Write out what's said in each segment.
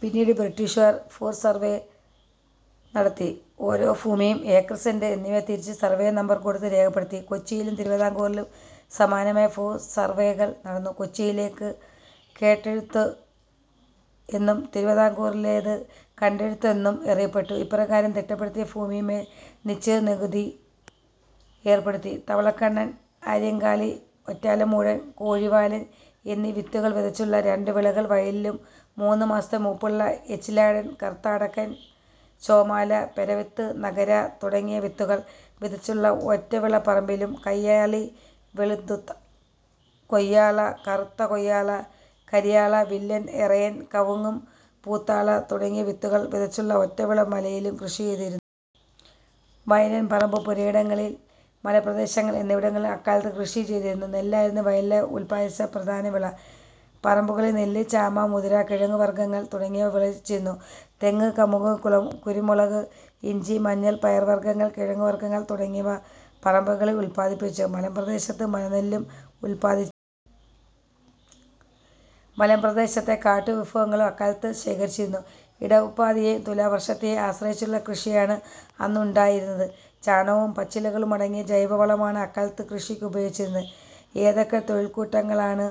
പിന്നീട് ബ്രിട്ടീഷുകാർ ഭൂസർവേ നടത്തി ഓരോ ഭൂമിയും ഏക്കർ, സെന്റ് എന്നിവ തിരിച്ച് സർവേ നമ്പർ കൊടുത്ത് രേഖപ്പെടുത്തി. കൊച്ചിയിലും തിരുവിതാംകൂറിലും സമാനമായ ഭൂസർവേകൾ നടന്നു. കൊച്ചിയിലേത് കേട്ടെഴുത്ത് എന്നും തിരുവിതാംകൂറിലേത് കണ്ടെഴുത്ത് എന്നും അറിയപ്പെട്ടു. ഇപ്രകാരം തിട്ടപ്പെടുത്തിയ ഭൂമിയിൻമേൽ നിശ്ചിത നികുതി ഏർപ്പെടുത്തി. തവളക്കണ്ണൻ, ആര്യങ്കാളി, ഒറ്റലമൂടൻ, കോഴിവാലൻ എന്നീ വിത്തുകൾ വിതച്ചുള്ള രണ്ട് വിളകൾ വയലിലും മൂന്നു മാസത്തെ മൂപ്പുള്ള ഏച്ചിലാടൻ, കറുത്തടക്കൻ, ചോമാല, പെരവിത്ത്, നകര തുടങ്ങിയ വിത്തുകൾ വിതച്ചുള്ള ഒറ്റവിള പറമ്പിലും കയ്യാളി, വെളുത്ത കൊയ്യാള കറുത്ത കൊയ്യാള, കര്വാള, വില്ലൻ, എറയൻ, കവുങ്ങും പുത്താള തുടങ്ങിയ വിത്തുകൾ വിതച്ചുള്ള ഒറ്റവിള മലയിലും കൃഷിചെയ്തിരുന്നു. വയൽ, പറമ്പ്, പുരയിടങ്ങൾ, മലമ്പ്രദേശങ്ങൾ എന്നിവിടങ്ങളിൽ അക്കാലത്ത് കൃഷിചെയ്തിരുന്നു. നെല്ലായിരുന്നു വയലിൽ ഉൽപ്പാദിപ്പിച്ച പ്രധാന വിള. പറമ്പുകളിൽ നെല്ല്, ചാമ, മുതിര, കിഴങ്ങു വർഗങ്ങൾ തുടങ്ങിയവ വിളയിച്ചിരുന്നു. തെങ്ങ്, കമുക്, കുരുമുളക്, ഇഞ്ചി, മഞ്ഞൾ, പയർവർഗങ്ങൾ, കിഴങ്ങുവർഗങ്ങൾ തുടങ്ങിയവ പറമ്പുകളിൽ ഉൽപ്പാദിപ്പിച്ചു. മലമ്പ്രദേശത്ത് മലനെല്ലും ഉൽപാദിപ്പിച്ചിരുന്നു. മലമ്പ്രദേശത്തെ കാട്ടു വിഭവങ്ങളും അക്കാലത്ത് ശേഖരിച്ചിരുന്നു. ഇടവപ്പാതിയെയും തുലാവർഷത്തെയും ആശ്രയിച്ചുള്ള കൃഷിയാണ് അന്നുണ്ടായിരുന്നത്. ചാണകവും പച്ചിലകളുമടങ്ങിയ ജൈവ വളമാണ് അക്കാലത്ത് കൃഷിക്കുപയോഗിച്ചിരുന്നത്. ഏതൊക്കെ തൊഴിൽക്കൂട്ടങ്ങളാണ്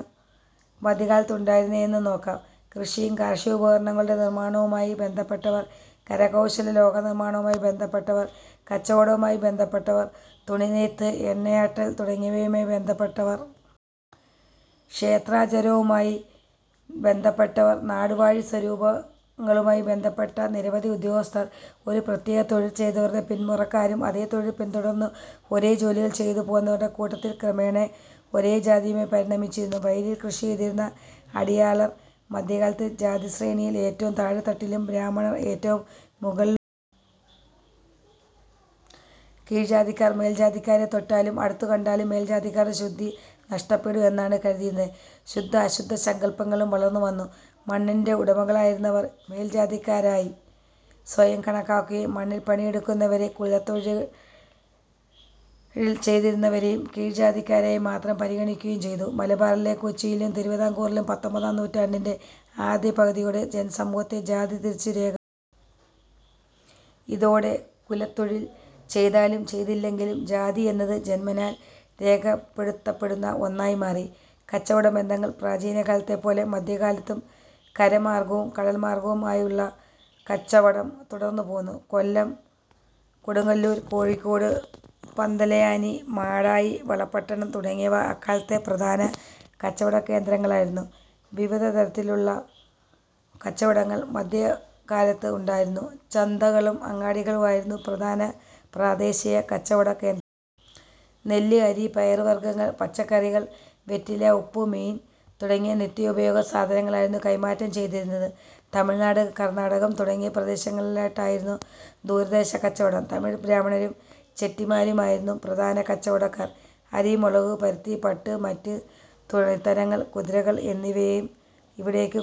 മധ്യകാലത്തുണ്ടായിരുന്നതെന്ന് നോക്കാം. കൃഷിയും കാർഷികോപകരണങ്ങളുടെ നിർമാണവുമായി ബന്ധപ്പെട്ടവർ. കരകൗശല- ലോഹനിർമാണവുമായി ബന്ധപ്പെട്ടവർ. കച്ചവടവുമായി ബന്ധപ്പെട്ടവർ. തുണിനെയ്ത്ത്, എണ്ണയാട്ടൽ തുടങ്ങിയവയുമായി ബന്ധപ്പെട്ടവർ. ക്ഷേത്രാചാരവുമായി ബന്ധപ്പെട്ടവർ. നാടുവാഴി സ്വരൂപങ്ങളുമായി ബന്ധപ്പെട്ട നിരവധി ഉദ്യോഗസ്ഥർ. ഒരു പ്രത്യേക തൊഴിൽ ചെയ്തവരുടെ പിന്മുറക്കാരും അതേ തൊഴിൽ പിന്തുടർന്നു. ഒരേ ജോലികൾ ചെയ്തുപോന്നവരുടെ കൂട്ടങ്ങൾ ക്രമേണ ഒരേ ജാതിയായി പരിണമിച്ചു. വയലിൽ കൃഷി ചെയ്തിരുന്ന അടിയാളർ മധ്യകാലത്തെ ജാതിശ്രേണിയിൽ ഏറ്റവും താഴേത്തട്ടിലും ബ്രാഹ്മണർ ഏറ്റവും മുകളിലുമായിരുന്നു. കീഴ്ജാതിക്കാർ മേൽജാതിക്കാരെ തൊട്ടാലും അടുത്തു കണ്ടാലും മേൽജാതിക്കാരുടെ ശുദ്ധി നഷ്ടപ്പെടും എന്നാണ് കരുതിയിരുന്നത്. ശുദ്ധ അശുദ്ധ സങ്കൽപ്പങ്ങളും വളർന്നുവന്നു. മണ്ണിന്റെ ഉടമകളായിരുന്നവർ മേൽജാതിക്കാരായി സ്വയം കണക്കാക്കുകയും മണ്ണിൽ പണിയെടുക്കുന്നവരെയും കുലത്തൊഴിൽ ചെയ്തിരുന്നവരെയും കീഴ്ജാതിക്കാരായി മാത്രം പരിഗണിക്കുകയും ചെയ്തു. മലബാറിലും കൊച്ചിയിലും തിരുവിതാംകൂറിലും പത്തൊൻപതാം നൂറ്റാണ്ടിന്റെ ആദ്യ പകുതിയോടെ ജനസമൂഹത്തെ ജാതിതിരിച്ച് രേഖപ്പെടുത്തി. ഇതോടെ കുലത്തൊഴിൽ ചെയ്താലും ചെയ്തില്ലെങ്കിലും ജാതിയെന്നത് ജന്മനാൽ രേഖപ്പെടുത്തപ്പെടുന്ന ഒന്നായി മാറി. കച്ചവടബന്ധങ്ങൾ പ്രാചീനകാലത്തെപ്പോലെ മധ്യകാലത്തും കരമാർഗവും കടൽമാർഗവുമുള്ള കച്ചവടം തുടർന്നുപോന്നു. കൊല്ലം, കൊടുങ്ങല്ലൂർ, കോഴിക്കോട്, പന്തലായനി, മാടായി, വളപട്ടണം തുടങ്ങിയവ അക്കാലത്തെ പ്രധാന കച്ചവടകേന്ദ്രങ്ങളായിരുന്നു. വിവിധതരത്തിലുള്ള കച്ചവടങ്ങൾ മധ്യകാലത്ത് ഉണ്ടായിരുന്നു. ചന്തകളും അങ്ങാടികളും ആയിരുന്നു പ്രധാന പ്രാദേശിക കച്ചവടകേന്ദ്രങ്ങൾ. നെല്ല്, അരി, പയർവർഗങ്ങൾ, പച്ചക്കറികൾ, വെറ്റില, ഉപ്പ്, മീൻ തുടങ്ങിയ നിത്യോപയയോഗ സാധനങ്ങളായിരുന്നു കൈമാറ്റം ചെയ്തിരുന്നത്. തമിഴ് നാട്, കർണാടകം, തുടങ്ങിയ പ്രദേശങ്ങളുമായിട്ടായിരുന്നു ദൂരദേശ കച്ചവടം. തമിഴ് ബ്രാഹ്മണരും ചെട്ടിമാരുമായിരുന്നു പ്രധാന കച്ചവടക്കാർ. അരി, മുളക്, പരുത്തി, പട്ട്, മറ്റ് തുണിത്തരങ്ങൾ, കുതിരകൾ എന്നിവ ഇവിടേക്ക് കൊണ്ടു വന്നു.